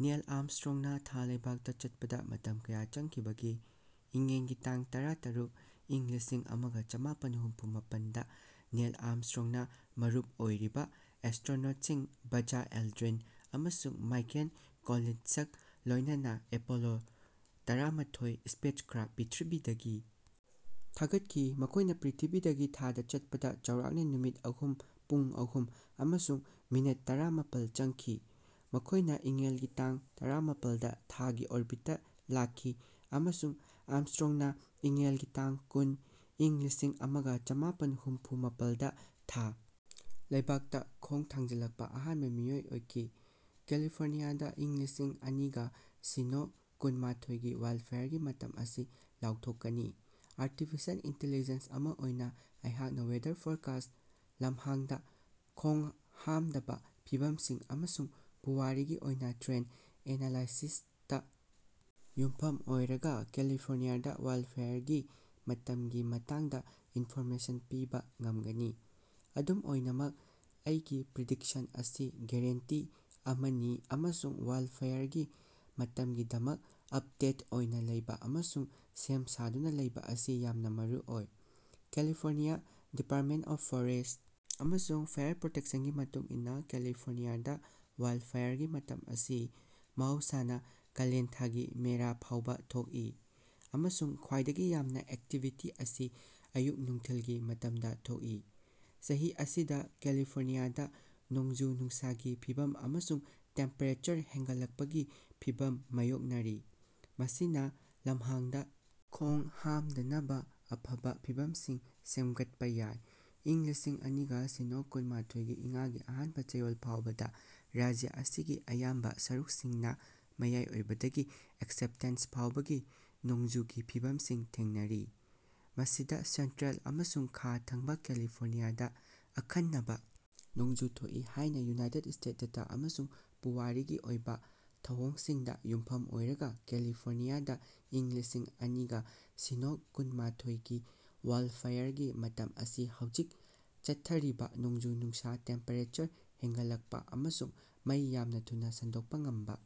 Neil ꯑꯥꯔꯝꯁꯇ꯭ꯔꯣꯡꯅ ꯊꯥ ꯂꯩꯕꯥꯛꯇ ꯆꯠꯄꯗ ꯃꯇꯝ ꯀꯌꯥ ꯆꯪꯈꯤꯕꯒꯦ? ꯏꯉꯦꯟꯒꯤ ꯇꯡ ꯇꯔꯥ-ꯇꯔꯨꯛ, ꯏꯪ ꯂꯤꯁꯤꯡ ꯑꯃꯒ ꯆꯃꯥꯄꯟ ꯍꯨꯝꯐꯨ ꯃꯥꯄꯟ ꯗꯥ ꯅꯤꯌꯦꯜ ꯑꯥꯔꯝꯁꯇ꯭ꯔꯣꯡꯅ ꯃꯔꯨꯞ ꯑꯣꯏꯔꯤꯕ ꯑꯦꯁ꯭ꯇꯔꯣꯅꯣꯠꯁꯤꯡ ꯕꯖ ꯑꯦꯜꯗ꯭ꯔꯤꯟ ꯑꯃꯁꯨꯡ ꯃꯥꯏꯀꯦꯜ ꯀꯣꯂꯤꯟꯁꯀ ꯂꯣꯏꯅꯅ ꯑꯦꯄꯣꯂꯣ ꯇꯔꯥꯃꯊꯣꯏ ꯁ꯭ꯄꯦꯁꯀ꯭ꯔꯥꯐꯠꯇ ꯄ꯭ꯔꯤꯊꯤꯕꯤꯗꯒꯤ ꯊꯥꯗꯣꯛꯈꯤ꯫ ꯃꯈꯣꯏꯅ ꯄ꯭ꯔꯤꯊꯤꯕꯤꯗꯒꯤ ꯊꯥꯗ ꯆꯠꯄꯗ ꯆꯥꯎꯔꯥꯛꯅ ꯅꯨꯃꯤꯠ ꯑꯍꯨꯝ, ꯄꯨꯡ ꯑꯍꯨꯝ ꯑꯃꯁꯨꯡ ꯃꯤꯅꯤꯠ ꯇꯔꯥꯃꯥꯄꯟ ꯆꯪꯈꯤ꯫ ꯃꯈꯣꯏꯅ ꯏꯉꯦꯟꯒꯤ ꯇꯥꯡ ꯇꯔꯥꯃꯥꯄꯟꯗ ꯊꯥꯒꯤ ꯑꯣꯔꯕꯤꯠꯇ ꯂꯥꯛꯈꯤ ꯑꯃꯁꯨꯡ ꯑꯥꯔꯝꯁꯇ꯭ꯔꯣꯡꯅ ꯏꯉꯦꯟꯒꯤ ꯇꯥꯡ ꯀꯨꯟ, ꯏꯪ ꯂꯤꯁꯤꯡ ꯑꯃꯒ ꯆꯃꯥꯄꯟ ꯍꯨꯝꯐꯨ ꯃꯥꯄꯟꯗ ꯊꯥ ꯂꯩꯕꯥꯛꯇ ꯈꯣꯡ ꯊꯥꯡꯖꯤꯜꯂꯛꯄ ꯑꯍꯥꯟꯕ ꯃꯤꯑꯣꯏ ꯑꯣꯏꯈꯤ꯫ ꯀꯦꯂꯤꯐꯣꯔꯅꯤꯌꯥꯗ ꯏꯪ ꯂꯤꯁꯤꯡ ꯑꯅꯤꯒ ꯁꯤꯅꯣ ꯀꯨꯟ ꯃꯥꯊꯣꯏ ꯒꯤ ꯋꯥꯏꯜꯗꯐꯥꯏꯌꯔꯒꯤ ꯃꯇꯝ ꯑꯁꯤ ꯂꯥꯎꯊꯣꯛꯀꯅꯤ꯫ ꯑꯥꯔꯇꯤꯐꯤꯁꯤꯌꯦꯜ ꯏꯟꯇꯦꯂꯤꯖꯦꯟꯁ ꯑꯃꯥ ꯑꯣꯏꯅ ꯑꯩꯍꯥꯛꯅ ꯋꯦꯗꯔ ꯐꯣꯔꯀꯥꯁꯠ, ꯂꯝꯍꯥꯡꯗ ꯈꯣꯡꯍꯥꯝꯗꯕ ꯐꯤꯚꯃꯁꯤꯡ, ꯑꯃꯁꯨꯡ ꯄꯨꯋꯥꯔꯤꯒꯤ ꯑꯣꯏꯕ ꯇ꯭ꯔꯦꯟꯗ ꯑꯦꯅꯂꯥꯏꯁꯤꯁꯇ ꯌꯨꯝꯐꯝ ꯑꯣꯏꯔꯒ ꯀꯦꯂꯤꯐꯣꯔꯅꯤꯌꯥꯗ ꯋꯥꯏꯜꯗꯐꯥꯏꯌꯔꯒꯤ ꯃꯇꯝꯒꯤ ꯃꯇꯥꯡꯗ ꯏꯟꯐꯣꯔꯃꯦꯁꯟ ꯄꯤꯕ ꯉꯝꯒꯅꯤ꯫ ꯑꯗꯨꯝ ꯑꯣꯏꯅꯃꯛ ꯑꯩꯒꯤ ꯄ꯭ꯔꯤꯗꯤꯛꯁꯟ ꯑꯁꯤ ꯒꯔꯦꯟꯇꯤ ꯑꯃꯅꯤ ꯑꯃꯁꯨꯡ ꯋꯥꯏꯜꯗꯐꯥꯏꯌꯔꯒꯤ ꯃꯇꯝꯒꯤꯗꯃꯛ ꯑꯞꯗꯦꯠ ꯑꯣꯏꯅ ꯂꯩꯕ ꯑꯃꯁꯨꯡ ꯁꯦꯝ ꯁꯥꯗꯨꯅ ꯂꯩꯕ ꯑꯁꯤ ꯌꯥꯝꯅ ꯃꯔꯨꯑꯣꯏ꯫ ꯀꯦꯂꯤꯐꯣꯔꯅꯤꯌꯥ ꯗꯤꯄꯥꯔꯠꯃꯦꯟꯇ ꯑꯣꯐ ꯐꯣꯔꯦꯁꯠ ꯑꯃꯁꯨꯡ ꯐꯥꯏꯌꯔ ꯄ꯭ꯔꯣꯇꯦꯛꯁꯟꯒꯤ ꯃꯇꯨꯡꯏꯟꯅ ꯀꯦꯂꯤꯐꯣꯔꯅꯤꯌꯥꯗ ꯋꯥꯏꯜꯗꯐꯥꯏꯌꯔꯒꯤ ꯃꯇꯝ ꯑꯁꯤ ꯃꯍꯧꯁꯥꯅ ꯀꯂꯦꯟꯗꯒꯤ ꯃꯦꯔꯥ ꯐꯥꯎꯕ ꯊꯣꯛꯏ, ꯑꯃꯁꯨꯡ ꯈ꯭ꯋꯥꯏꯗꯒꯤ ꯌꯥꯝꯅ ꯑꯦꯛꯇꯤꯚꯤꯇꯤ ꯑꯁꯤ ꯑꯌꯨꯛ-ꯅꯨꯡꯊꯤꯜꯒꯤ ꯃꯇꯝꯗ ꯊꯣꯛꯏ꯫ ꯆꯍꯤ ꯑꯁꯤꯗ ꯀꯦꯂꯤꯐꯣꯔꯅꯤꯌꯥꯗ ꯅꯣꯡꯖꯨ-ꯅꯨꯡꯁꯥꯒꯤ ꯐꯤꯚꯝ ꯑꯃꯁꯨꯡ ꯇꯦꯝꯄꯦꯔꯦꯆꯔ ꯍꯦꯟꯒꯠꯂꯛꯄꯒꯤ ꯐꯤꯚꯝ ꯃꯥꯌꯣꯛꯅꯔꯤ꯫ ꯃꯁꯤꯅ ꯂꯝꯍꯥꯡꯗ ꯈꯣꯡꯍꯥꯝꯗꯅꯕ ꯑꯐꯕ ꯐꯤꯚꯝꯁꯤꯡ ꯁꯦꯝꯒꯠꯄ ꯌꯥꯏ꯫ ꯏꯪ ꯂꯤꯁꯤꯡ ꯑꯅꯤꯒ ꯁꯤꯅꯣ ꯀꯨꯟ ꯃꯥꯊꯣꯏꯒꯤ ꯏꯉꯥꯒꯤ ꯑꯍꯥꯟꯕ ꯆꯌꯣꯜ ꯐꯥꯎꯕꯗ ꯔꯥꯖ꯭ꯌ ꯑꯁꯤꯒꯤ ꯑꯌꯥꯝꯕ ꯁꯔꯨꯛꯁꯤꯡꯅ ""ꯃꯌꯥꯏ ꯑꯣꯏꯕ""ꯗꯒꯤ ""ꯑꯦꯛꯁꯦꯞꯇꯦꯟꯁ"" ꯐꯥꯎꯕꯒꯤ ꯅꯣꯡꯖꯨꯒꯤ ꯐꯤꯕꯝꯁꯤꯡ ꯊꯦꯡꯅꯔꯤ꯫ ꯃꯁꯤꯗ ꯁꯦꯟꯇ꯭ꯔꯦꯜ ꯑꯃꯁꯨꯡ ꯈꯥ ꯊꯪꯕ ꯀꯦꯂꯤꯐꯣꯔꯅꯤꯌꯥꯗ ꯑꯈꯟꯅꯕ ꯅꯣꯡꯖꯨ ꯊꯣꯛꯏ ꯍꯥꯌꯅ ꯌꯨꯅꯥꯏꯇꯦꯗ ꯁ꯭ꯇꯦꯗꯁ ꯗꯦꯇꯥ ꯑꯃꯁꯨꯡ ꯄꯨꯋꯥꯔꯤꯒꯤ ꯑꯣꯏꯕ ꯊꯧꯑꯣꯡꯁꯤꯡꯗ ꯌꯨꯝꯐꯝ ꯑꯣꯏꯔꯒ ꯀꯦꯂꯤꯐꯣꯔꯅꯤꯌꯥꯗ ꯏꯪ ꯂꯤꯁꯤꯡ ꯑꯅꯤꯒ ꯁꯤꯅꯣ ꯀꯨꯟ ꯃꯥꯊꯣꯏꯒꯤ ꯋꯥꯏꯜꯗꯐꯥꯏꯌꯔꯒꯤ ꯃꯇꯝ ꯑꯁꯤ ꯍꯧꯖꯤꯛ ꯆꯠꯊꯔꯤꯕ ꯅꯣꯡꯖꯨ-ꯅꯨꯡꯁꯥ, ꯇꯦꯝꯄꯦꯔꯦꯆꯔ ꯍꯦꯉꯠꯂꯛꯄ, ꯑꯃꯁꯨꯡ ꯃꯩ ꯌꯥꯝꯅ ꯊꯨꯅ ꯁꯟꯗꯣꯛꯄ ꯉꯝꯕ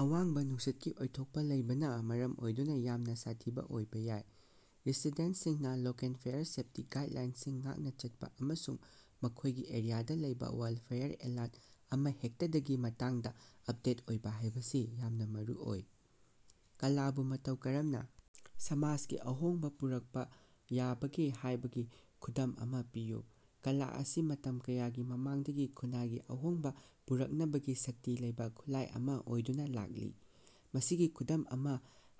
ꯑꯋꯥꯡꯕ ꯅꯨꯡꯁꯤꯠꯀꯤ ꯑꯣꯏꯊꯣꯛꯄ ꯂꯩꯕꯅ ꯃꯔꯝ ꯑꯣꯏꯗꯨꯅ ꯌꯥꯝꯅ ꯁꯥꯊꯤꯕ ꯑꯣꯏꯕ ꯌꯥꯏ꯫ ꯔꯦꯁꯤꯗꯦꯟꯇꯁꯤꯡꯅ ꯂꯣꯀꯦꯜ ꯐꯥꯏꯌꯔ ꯁꯦꯐꯇꯤ ꯒꯥꯏꯗꯂꯥꯏꯟꯁꯤꯡ ꯉꯥꯛꯅ ꯆꯠꯄ ꯑꯃꯁꯨꯡ ꯃꯈꯣꯏꯒꯤ ꯑꯦꯔꯤꯌꯥꯗ ꯂꯩꯕ ꯋꯥꯏꯜꯗꯐꯥꯏꯌꯔ ꯑꯦꯂꯔꯠ ꯑꯃꯍꯦꯛꯇꯒꯤ ꯃꯇꯥꯡꯗ ꯑꯞꯗꯦꯠ ꯑꯣꯏꯕ ꯍꯥꯏꯕꯁꯤ ꯌꯥꯝꯅ ꯃꯔꯨꯑꯣꯏ꯫ ꯀꯂꯥꯕꯨ ꯃꯇꯧ ꯀꯔꯝꯅ ꯁꯃꯥꯖꯒꯤ ꯑꯍꯣꯡꯕ ꯄꯨꯔꯛꯄ ꯌꯥꯕꯒꯦ ꯍꯥꯏꯕꯒꯤ ꯈꯨꯗꯝ ꯑꯃꯥ ꯄꯤꯌꯨ꯫ ꯀꯂꯥ ꯑꯁꯤ ꯃꯇꯝ ꯀꯌꯥꯒꯤ ꯃꯃꯥꯡꯗꯒꯤ ꯈꯨꯟꯅꯥꯏꯒꯤ ꯑꯍꯣꯡꯕ ꯄꯨꯔꯛꯅꯕꯒꯤ ꯁꯛꯇꯤ ꯂꯩꯕ ꯈꯨꯠꯂꯥꯏ ꯑꯃ ꯑꯣꯏꯗꯨꯅ ꯂꯥꯛꯂꯤ꯫ ꯃꯁꯤꯒꯤ ꯈꯨꯗꯝ ꯑꯃ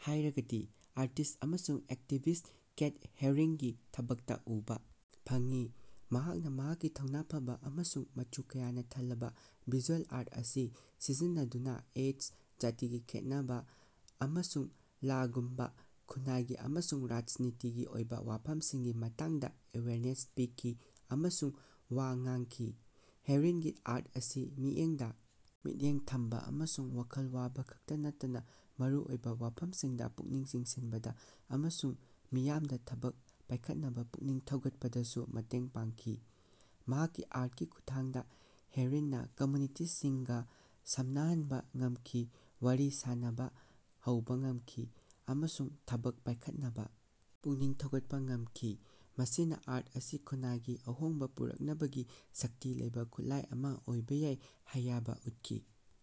ꯍꯥꯏꯔꯒꯗꯤ ꯑꯥꯔꯇꯤꯁꯠ ꯑꯃꯁꯨꯡ ꯑꯦꯛꯇꯤꯚꯤꯁꯠ ꯀꯦꯊ ꯍꯦꯔꯤꯡꯒꯤ ꯊꯕꯛꯇ ꯎꯕ ꯐꯪꯉꯤ꯫ ꯃꯍꯥꯛꯅ ꯃꯍꯥꯛꯀꯤ ꯊꯧꯅ ꯐꯕ ꯑꯃꯁꯨꯡ ꯃꯆꯨ ꯀꯌꯥꯅ ꯊꯜꯂꯕ ꯚꯤꯖꯨꯑꯦꯜ ꯑꯥꯔꯠ ꯑꯁꯤ ꯁꯤꯖꯤꯟꯅꯗꯨꯅ ꯑꯦꯗꯁ, ꯖꯥꯇꯤꯒꯤ ꯈꯦꯟꯅꯕ, ꯑꯃꯁꯨꯡ ꯂꯥꯉꯨꯝꯕ ꯈꯨꯟꯅꯥꯏꯒꯤ ꯑꯃꯁꯨꯡ ꯔꯥꯖꯅꯤꯇꯤꯒꯤ ꯑꯣꯏꯕ ꯋꯥꯐꯝꯁꯤꯡꯒꯤ ꯃꯇꯥꯡꯗ ꯑꯦꯋꯦꯔꯅꯦꯁ ꯄꯤꯈꯤ ꯑꯃꯁꯨꯡ ꯋꯥ ꯉꯥꯡꯈꯤ꯫ ꯍꯦꯔꯤꯡꯒꯤ ꯑꯥꯔꯠ ꯑꯁꯤ ꯃꯤꯠꯌꯦꯡꯗ ꯃꯤꯠꯌꯦꯡ ꯊꯝꯕ ꯑꯃꯁꯨꯡ ꯋꯥꯈꯜ ꯋꯥꯕ ꯈꯛꯇ ꯅꯠꯇꯅ ꯃꯔꯨꯑꯣꯏꯕ ꯋꯥꯐꯝꯁꯤꯡꯗ ꯄꯨꯛꯅꯤꯡ ꯆꯤꯡꯁꯤꯟꯕꯗ ꯑꯃꯁꯨꯡ ꯃꯤꯌꯥꯝꯗ ꯊꯕꯛ ꯄꯥꯏꯈꯠꯅꯕ ꯄꯨꯛꯅꯤꯡ ꯊꯧꯒꯠꯄꯗꯁꯨ ꯃꯇꯦꯡ ꯄꯥꯡꯈꯤ꯫ ꯃꯍꯥꯛꯀꯤ ꯑꯥꯔꯠꯀꯤ ꯈꯨꯠꯊꯥꯡꯗ ꯍꯦꯔꯤꯡꯅ ꯀꯝꯃ꯭ꯌꯨꯅꯤꯇꯤꯁꯤꯡꯒ ꯁꯝꯅꯍꯟꯕ ꯉꯝꯈꯤ꯫ ꯋꯥꯔꯤ ꯁꯥꯟꯅꯕ ꯍꯧꯕ ꯉꯃꯈꯤ ꯑꯃꯁꯨꯡ ꯊꯕꯛ ꯄꯥꯏꯈꯠꯅꯕ ꯄꯨꯛꯅꯤꯡ ꯊꯧꯒꯠꯄ ꯉꯝꯈꯤ꯫ ꯃꯁꯤꯅ ꯑꯥꯔꯠ ꯑꯁꯤ ꯈꯨꯟꯅꯥꯏꯒꯤ ꯑꯍꯣꯡꯕ ꯄꯨꯔꯛꯅꯕꯒꯤ ꯁꯛꯇꯤ ꯂꯩꯕ ꯈꯨꯠꯂꯥꯏ ꯑꯃ ꯑꯣꯏꯕ ꯌꯥꯏ ꯍꯥꯌꯕ ꯎꯠꯈꯤ꯫